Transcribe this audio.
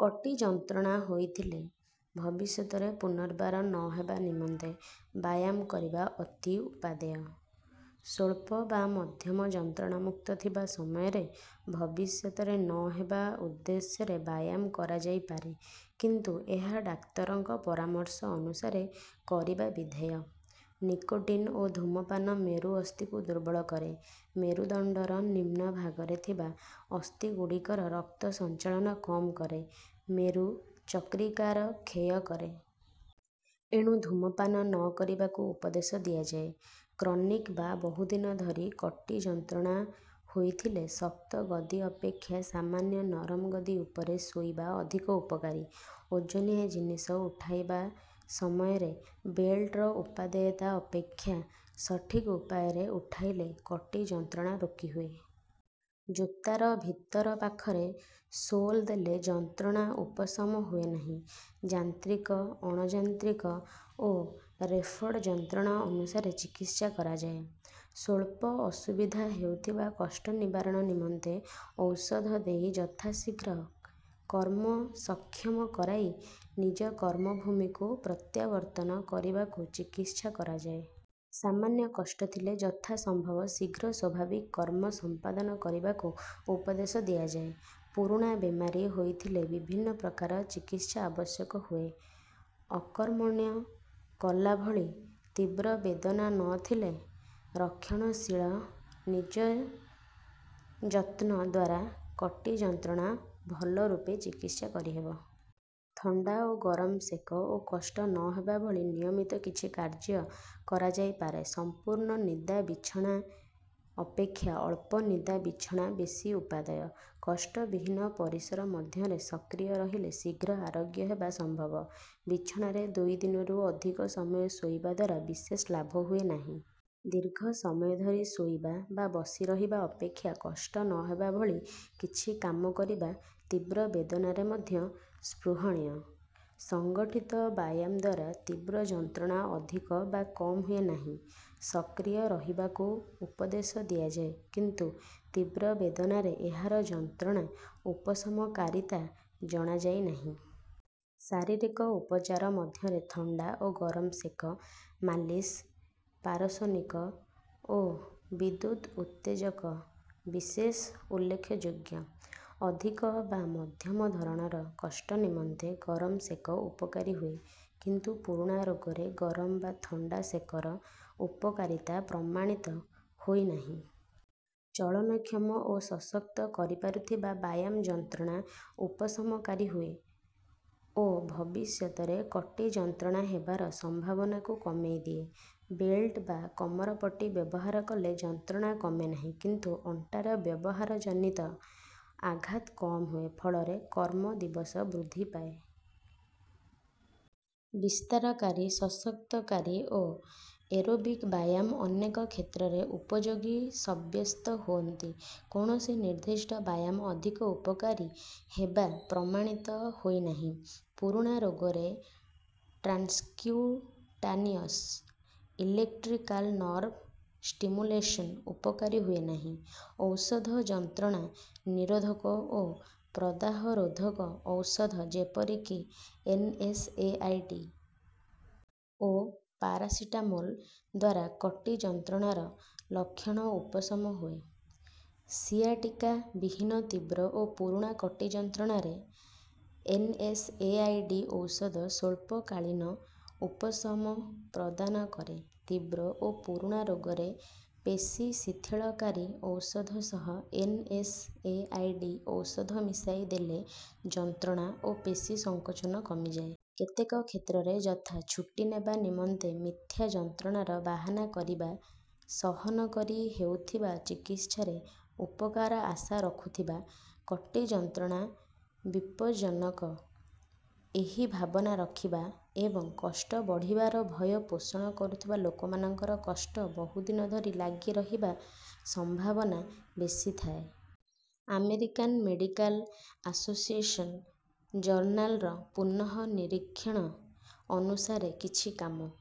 କଟି ଯନ୍ତ୍ରଣା ହୋଇଥିଲେ ଭବିଷ୍ୟତରେ ପୁନର୍ବାର ନ ହେବା ନିମନ୍ତେ ବ୍ୟାୟାମ କରିବା ଅତି ଉପାଦେୟ। ସ୍ୱଳ୍ପ ବା ମଧ୍ୟମ ଯନ୍ତ୍ରଣାମୁକ୍ତ ଥିବା ସମୟରେ ଭବିଷ୍ୟତରେ ନ ହେବା ଉଦ୍ଦେଶ୍ୟରେ ବ୍ୟାୟାମ କରାଯାଇ ପାରେ, କିନ୍ତୁ ଏହା ଡାକ୍ତରଙ୍କ ପରାମର୍ଶ ଅନୁସାରେ କରିବା ବିଧେୟ। ନିକୋଟିନ୍ ଓ ଧୂମପାନ ମେରୁ ଅସ୍ଥିକୁ ଦୁର୍ବଳ କରେ, ମେରୁଦଣ୍ଡର ନିମ୍ନ ଭାଗରେ ଥିବା ଅସ୍ଥିଗୁଡିକର ରକ୍ତ ସଞ୍ଚାଳନ କମ୍ କରେ, ମେରୁ ଚକ୍ରିକାର କ୍ଷୟ କରେ। ଏଣୁ ଧୂମପାନ ନ କରିବାକୁ ଉପଦେଶ ଦିଆଯାଏ। କ୍ରନିକ୍ ବା ବହୁଦିନ ଧରି କଟି ଯନ୍ତ୍ରଣା ହୋଇଥିଲେ ଶକ୍ତ ଗଦି ଅପେକ୍ଷା ସାମାନ୍ୟ ନରମ ଗଦି ଉପରେ ଶୋଇବା ଅଧିକ ଉପକାରୀ। ଓଜନିଆ ଜିନିଷ ଉଠାଇବା ସମୟରେ ବେଲ୍ଟର ଉପାଦେୟତା ଅପେକ୍ଷା ସଠିକ୍ ଉପାୟରେ ଉଠାଇଲେ କଟି ଯନ୍ତ୍ରଣା ରୋକିହୁଏ। ଜୋତାର ଭିତର ପାଖରେ ସୋଲ୍ ଦେଲେ ଯନ୍ତ୍ରଣା ଉପଶମ ହୁଏ ନାହିଁ। ଯାନ୍ତ୍ରିକ, ଅଣଯାନ୍ତ୍ରିକ ଓ ରେଫର୍ଡ ଯନ୍ତ୍ରଣା ଅନୁସାରେ ଚିକିତ୍ସା କରାଯାଏ। ସ୍ୱଳ୍ପ ଅସୁବିଧା ହେଉଥିଲେ କଷ୍ଟ ନିବାରଣ ନିମନ୍ତେ ଔଷଧ ଦେଇ ଯଥାଶୀଘ୍ର କର୍ମ ସକ୍ଷମ କରାଇ ନିଜ କର୍ମଭୂମିକୁ ପ୍ରତ୍ୟାବର୍ତ୍ତନ କରାଇବାକୁ ଚିକିତ୍ସା କରାଯାଏ। ସାମାନ୍ୟ କଷ୍ଟ ଥିଲେ ଯଥା ସମ୍ଭବ ଶୀଘ୍ର ସ୍ୱାଭାବିକ କର୍ମ ସମ୍ପାଦନ କରିବାକୁ ଉପଦେଶ ଦିଆଯାଏ। ପୁରୁଣା ବେମାରୀ ହୋଇଥିଲେ ବିଭିନ୍ନ ପ୍ରକାର ଚିକିତ୍ସା ଆବଶ୍ୟକ ହୁଏ। ଅକର୍ମଣ୍ୟ କଲା ଭଳି ତୀବ୍ର ବେଦନା ନ ଥିଲେ ରକ୍ଷଣଶୀଳ ନିଜ ଯତ୍ନ ଦ୍ୱାରା କଟି ଯନ୍ତ୍ରଣା ଭଲ ରୂପେ ଚିକିତ୍ସା କରି ହେବ। ଥଣ୍ଡା ଓ ଗରମ ସେକ ଓ କଷ୍ଟ ନ ହେବା ଭଳି ନିୟମିତ କିଛି କାର୍ଯ୍ୟ କରାଯାଇପାରେ। ସମ୍ପୂର୍ଣ୍ଣ ନିଦା ବିଛଣା ଅପେକ୍ଷା ଅଳ୍ପ ନିଦା ବିଛଣା ବେଶୀ ଉପାଦେୟ। କଷ୍ଟ ବିହୀନ ପରିସର ମଧ୍ୟରେ ସକ୍ରିୟ ରହିଲେ ଶୀଘ୍ର ଆରୋଗ୍ୟ ହେବା ସମ୍ଭବ। ବିଛଣାରେ ଦୁଇ ଦିନରୁ ଅଧିକ ସମୟ ଶୋଇବା ଦ୍ୱାରା ବିଶେଷ ଲାଭ ହୁଏ ନାହିଁ। ଦୀର୍ଘ ସମୟ ଧରି ଶୋଇବା ବା ବସି ରହିବା ଅପେକ୍ଷା କଷ୍ଟ ନ ହେବା ଭଳି କିଛି କାମ କରିବା ତୀବ୍ର ବେଦନାରେ ମଧ୍ୟ ସ୍ପୃହଣୀୟ। ସଂଗଠିତ ବ୍ୟାୟାମ ଦ୍ୱାରା ତୀବ୍ର ଯନ୍ତ୍ରଣା ଅଧିକ ବା କମ୍ ହୁଏ ନାହିଁ। ସକ୍ରିୟ ରହିବାକୁ ଉପଦେଶ ଦିଆଯାଏ କିନ୍ତୁ ତୀବ୍ର ବେଦନାରେ ଏହାର ଯନ୍ତ୍ରଣା ଉପଶମକାରୀତା ଜଣାଯାଇ ନାହିଁ। ଶାରୀରିକ ଉପଚାର ମଧ୍ୟରେ ଥଣ୍ଡା ଓ ଗରମ ସେକ, ମାଲିସ୍, ପାରସ୍ୱନିକ ଓ ବିଦ୍ୟୁତ୍ ଉତ୍ତେଜକ ବିଶେଷ ଉଲ୍ଲେଖଯୋଗ୍ୟ। ଅଧିକ ବା ମଧ୍ୟମ ଧରଣର କଷ୍ଟ ନିମନ୍ତେ ଗରମ ସେକ ଉପକାରୀ ହୁଏ, କିନ୍ତୁ ପୁରୁଣା ରୋଗରେ ଗରମ ବା ଥଣ୍ଡା ସେକର ଉପକାରୀତା ପ୍ରମାଣିତ ହୋଇ ନାହିଁ। ଚଳନକ୍ଷମ ଓ ସଶକ୍ତ କରିପାରୁଥିବା ବ୍ୟାୟାମ ଯନ୍ତ୍ରଣା ଉପଶମକାରୀ ହୁଏ ଓ ଭବିଷ୍ୟତରେ କଟି ଯନ୍ତ୍ରଣା ହେବାର ସମ୍ଭାବନାକୁ କମାଇ ଦିଏ। ବେଲ୍ଟ ବା କମରପଟି ବ୍ୟବହାର କଲେ ଯନ୍ତ୍ରଣା କମେ ନାହିଁ କିନ୍ତୁ ଅଣ୍ଟାରେ ବ୍ୟବହାର ଜନିତ ଆଘାତ କମ୍ ହୁଏ, ଫଳରେ କର୍ମ ଦିବସ ବୃଦ୍ଧି ପାଏ। ବିସ୍ତାରକାରୀ, ସଶକ୍ତକାରୀ ଓ ଏରୋବିକ୍ ବ୍ୟାୟାମ ଅନେକ କ୍ଷେତ୍ରରେ ଉପଯୋଗୀ ସବ୍ୟସ୍ତ ହୁଅନ୍ତି। କୌଣସି ନିର୍ଦ୍ଦିଷ୍ଟ ବ୍ୟାୟାମ ଅଧିକ ଉପକାରୀ ହେବା ପ୍ରମାଣିତ ହୋଇ ନାହିଁ। ପୁରୁଣା ରୋଗରେ ଟ୍ରାନ୍ସକ୍ୟୁଟାନିଅସ୍ ଇଲେକ୍ଟ୍ରିକାଲ୍ ନର୍ଭ ଷ୍ଟିମୁଲେସନ୍ ଉପକାରୀ ହୁଏ ନାହିଁ। ଔଷଧ ଯନ୍ତ୍ରଣା ନିରୋଧକ ଓ ପ୍ରଦାହ ରୋଧକ ଔଷଧ ଯେପରିକି ଏନ୍.ଏସ୍.ଏ.ଆଇ.ଡି. ଓ ପାରାସେଟାମୋଲ୍ ଦ୍ୱାରା କଟି ଯନ୍ତ୍ରଣାର ଲକ୍ଷଣ ଉପଶମ ହୁଏ। ସିଆଟିକା ବିହୀନ ତୀବ୍ର ଓ ପୁରୁଣା କଟି ଯନ୍ତ୍ରଣାରେ ଏନ୍.ଏସ୍.ଏ.ଆଇ.ଡି. ଔଷଧ ସ୍ୱଳ୍ପକାଳୀନ ଉପଶମ ପ୍ରଦାନ କରେ। ତୀବ୍ର ଓ ପୁରୁଣା ରୋଗରେ ପେଶୀ ଶିଥିଳକାରୀ ଔଷଧ ସହ ଏନ୍.ଏସ୍.ଏ.ଆଇ.ଡି. ଔଷଧ ମିଶାଇ ଦେଲେ ଯନ୍ତ୍ରଣା ଓ ପେଶୀ ସଙ୍କୋଚନ କମିଯାଏ। କେତେକ କ୍ଷେତ୍ରରେ ଯଥା ଛୁଟି ନେବା ନିମନ୍ତେ ମିଥ୍ୟା ଯନ୍ତ୍ରଣାର ବାହାନା କରିବା, ସହନ କରି ହେଉଥିବା ଚିକିତ୍ସାରେ ଉପକାର ଆଶା ରଖୁଥିବା, କଟି ଯନ୍ତ୍ରଣା ବିପଜ୍ଜନକ ଏହି ଭାବନା ରଖିବା, ଏବଂ କଷ୍ଟ ବଢ଼ିବାର ଭୟ ପୋଷଣ କରୁଥିବା ଲୋକମାନଙ୍କର କଷ୍ଟ ବହୁଦିନ ଧରି ଲାଗି ରହିବା ସମ୍ଭାବନା ବେଶୀ ଥାଏ। ଆମେରିକାନ୍ ମେଡିକାଲ୍ ଆସୋସିଏସନ୍ ଜର୍ନାଲ୍ ର ପୁନଃ ନିରୀକ୍ଷଣ ଅନୁସାରେ କିଛି କାମ